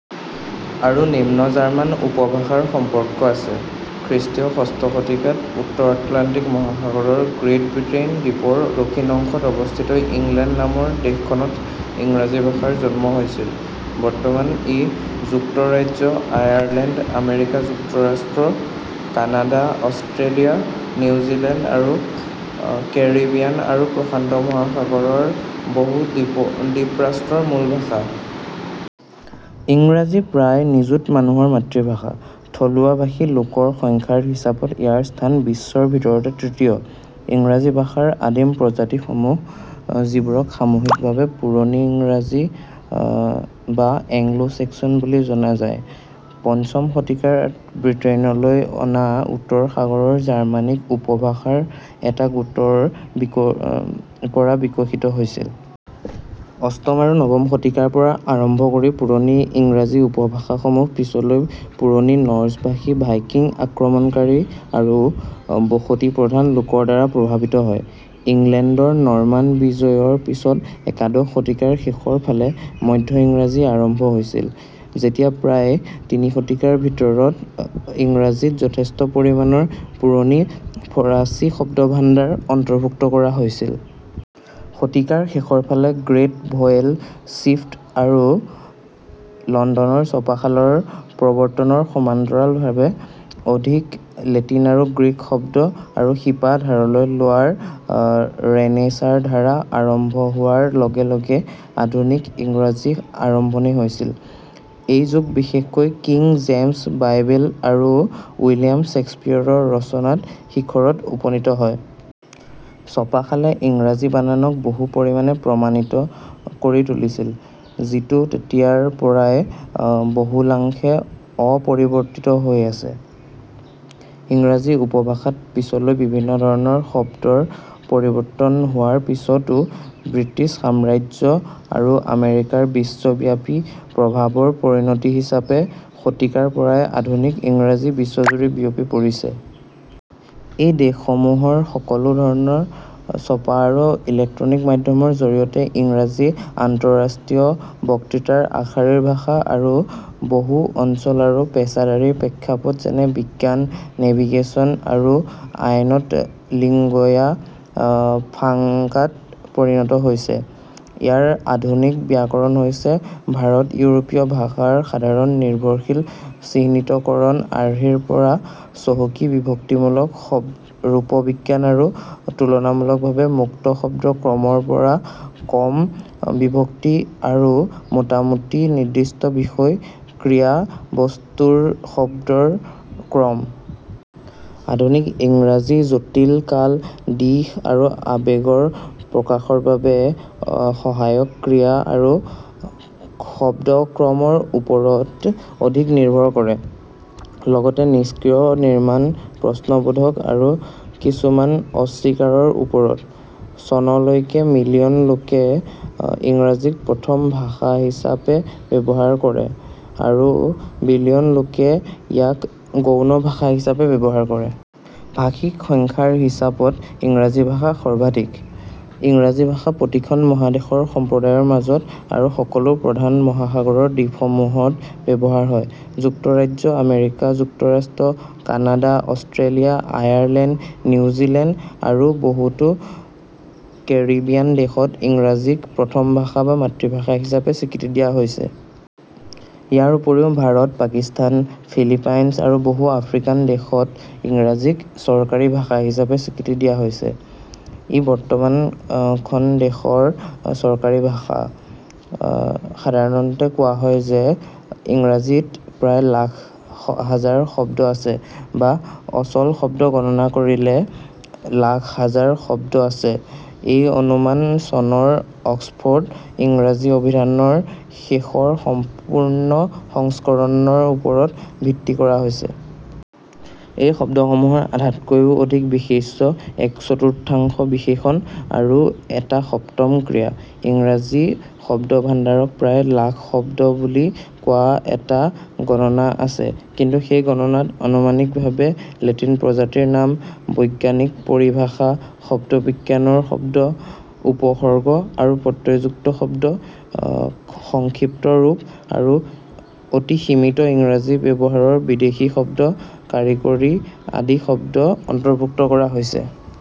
আৰু নিম্ন জাৰ্মান উপভাষাৰ সম্পৰ্ক আছে। খ্ৰীষ্টীয় ষষ্ঠ শতিকাত উত্তৰ আটলাণ্টিক মহাসাগৰৰ গ্ৰেট ব্ৰিটেইন দ্বীপৰ দক্ষিণ অংশত অৱস্থিত ইংলেণ্ড নামৰ দেশখনত ইংৰাজী ভাষাৰ জন্ম হৈছিল। বৰ্তমান ই যুক্তৰাজ্য, আয়াৰলেণ্ড, আমেৰিকা যুক্তৰাষ্ট্ৰ, কানাডা, অষ্ট্ৰেলিয়া, নিউজিলেণ্ড আৰু কেৰিবিয়ান আৰু প্ৰশান্ত মহাসাগৰ ৰ বহু দ্বীপ ৰাষ্ট্ৰৰ মূল ভাষা। ইংৰাজী প্ৰায় নিযুত মানুহৰ মাতৃভাষা। থলুৱা ভাষী লোকৰ সংখ্যাৰ হিচাপত ইয়াৰ স্থান বিশ্বৰ ভিতৰতে তৃতীয়। ইংৰাজী ভাষাৰ আদিম প্ৰজাতিসমূহ, যিবোৰক সামূহিকভাৱে পুৰণি ইংৰাজী বা "এংলো-চেক্সন" বুলি জনা যায়, পঞ্চম শতিকাত ব্ৰিটেইনলৈ অনা উত্তৰ সাগৰৰ জাৰ্মানিক উপভাষাৰ এটা গোটৰ পৰা বিকশিত হৈছিল। অষ্টম আৰু নৱম শতিকাৰ পৰা আৰম্ভ কৰি পুৰণি ইংৰাজী উপভাষাসমূহ পিছলৈ পুৰণি নৰ্ছ ভাষী ভাইকিং আক্ৰমণকাৰী আৰু বসতিপ্ৰধান লোকৰ দ্বাৰা প্ৰভাৱিত হয়। ইংলেণ্ডৰ নৰ্মান বিজয়ৰ পিছত একাদশ শতিকাৰ শেষৰ ফালে মধ্য ইংৰাজী আৰম্ভ হৈছিল, যেতিয়া প্ৰায় তিনি শতিকাৰ ভিতৰত ইংৰাজীত যথেষ্ট পৰিমাণৰ পুৰণি ফৰাচী শব্দভাণ্ডাৰ অন্তৰ্ভুক্ত কৰা হৈছিল। শতিকাৰ শেষৰ ফালে গ্ৰেট ভৱেল শ্বিফ্ট আৰু লণ্ডনত ছপাশালৰ প্ৰৱৰ্তনৰ সমান্তৰালভাৱে অধিক লেটিন আৰু গ্ৰীক শব্দ আৰু শিপা ধাৰলৈ লোৱাৰ ৰেনেছাঁৰ ধাৰা আৰম্ভ হোৱাৰ লগে লগে আধুনিক ইংৰাজীৰ আৰম্ভণি হৈছিল। এই যুগ বিশেষকৈ কিং জেমছ বাইবেল আৰু উইলিয়াম শ্বেক্সপীয়েৰৰ ৰচনাত শিখৰত উপনীত হয়। ছপাশালে ইংৰাজী বানানক বহু পৰিমাণে প্ৰামাণিক কৰি তুলিছিল, যিটো তেতিয়াৰ পৰাই বহুলাংশে অপৰিৱৰ্তিত হৈ আছে, ইংৰাজী উপভাষাত পিছলৈ বিভিন্ন ধৰণৰ শব্দৰ পৰিৱৰ্তন হোৱাৰ পিছতো। ব্ৰিটিছ সাম্ৰাজ্য আৰু আমেৰিকাৰ বিশ্বব্যাপী প্ৰভাৱৰ পৰিণতি হিচাপে শতিকাৰ পৰাই আধুনিক ইংৰাজী বিশ্বজুৰি বিয়পি পৰিছে। এই দেশসমূহৰ সকলো ধৰণৰ ছপা আৰু ইলেক্ট্ৰনিক মাধ্যমৰ জৰিয়তে ইংৰাজী আন্তঃৰাষ্ট্ৰীয় বক্তৃতাৰ আগশাৰীৰ ভাষা আৰু বহু অঞ্চল আৰু পেছাদাৰী প্ৰেক্ষাপট যেনে বিজ্ঞান, নেভিগেচন, আৰু আইনত লিংগুয়া ফ্ৰাংকাত পৰিণত হৈছে। ইয়াৰ আধুনিক ব্যাকৰণ হৈছে ভাৰত-ইউৰোপীয় ভাষাৰ সাধাৰণ নিৰ্ভৰশীল চিহ্নিতকৰণ আৰ্হিৰ পৰা চহকী বিভক্তিমূলক ৰূপবিজ্ঞান আৰু তুলনামূলকভাৱে মুক্ত শব্দ ক্ৰমৰ পৰা কম বিভক্তি আৰু মোটামুটি নিৰ্দিষ্ট বিষয়–ক্ৰিয়া– বস্তুৰ শব্দৰ ক্ৰম। আধুনিক ইংৰাজী জটিল কাল, দিশ আৰু আৱেগৰ প্ৰকাশৰ বাবে সহায়ক ক্ৰিয়া আৰু শব্দ ক্ৰমৰ ওপৰত অধিক নিৰ্ভৰ কৰে, লগতে নিষ্ক্ৰিয় নিৰ্মাণ, প্ৰশ্নবোধক আৰু কিছুমান অস্বীকাৰৰ ওপৰত। চনলৈকে মিলিয়ন লোকে ইংৰাজীক প্ৰথম ভাষা হিচাপে ব্যৱহাৰ কৰে আৰু বিলিয়ন লোকে ইয়াক গৌণ ভাষা হিচাপে ব্যৱহাৰ কৰে। ভাষীক সংখ্যাৰ হিচাপত ইংৰাজী ভাষা সৰ্বাধিক। ইংৰাজী ভাষা প্ৰতিখন মহাদেশৰ সম্প্ৰদায়ৰ মাজত আৰু সকলো প্ৰধান মহাসাগৰৰ দ্বীপসমূহত ব্যৱহাৰ হয়। যুক্তৰাজ্য, আমেৰিকা যুক্তৰাষ্ট্ৰ, কানাডা, অষ্ট্ৰেলিয়া, আয়াৰলেণ্ড, নিউজিলেণ্ড আৰু বহুতো কেৰিবিয়ান দেশত ইংৰাজীক প্ৰথম ভাষা বা মাতৃভাষা হিচাপে স্বীকৃতি দিয়া হৈছে। ইয়াৰ উপৰিও ভাৰত, পাকিস্তান, ফিলিপাইনছ আৰু বহু আফ্ৰিকান দেশত ইংৰাজীক চৰকাৰী ভাষা হিচাপে স্বীকৃতি দিয়া হৈছে। ই বৰ্তমান খন দেশৰ চৰকাৰী ভাষা। সাধাৰণতে কোৱা হয় যে ইংৰাজীত প্ৰায় লাখ হাজাৰ শব্দ আছে, বা অচল শব্দ গণনা কৰিলে লাখ হাজাৰ শব্দ আছে; এই অনুমান চনৰ অক্সফৰ্ড ইংৰাজী অভিধানৰ শেষৰ সম্পূৰ্ণ সংস্কৰণৰ ওপৰত ভিত্তি কৰি কৰা হৈছে। এই শব্দসমূহৰ আধাতকৈও অধিক বিশেষ্য, এক চতুৰ্থাংশ বিশেষণ আৰু এটা সপ্তম ক্ৰিয়া। ইংৰাজী শব্দভাণ্ডাৰক প্ৰায় লাখ শব্দ বুলি কোৱা এটা গণনা আছে — কিন্তু সেই গণনাত অনুমানিকভাৱে লেটিন প্ৰজাতিৰ নাম, বৈজ্ঞানিক পৰিভাষা, উদ্ভিদবিজ্ঞানৰ শব্দ, উপসৰ্গ আৰু প্ৰত্যয়যুক্ত শব্দ, সংক্ষিপ্ত ৰূপ, অতি সীমিত ইংৰাজী ব্যৱহাৰৰ বিদেশী শব্দ, কাৰিকৰী আদি শব্দ অন্তৰ্ভুক্ত কৰা হৈছে।।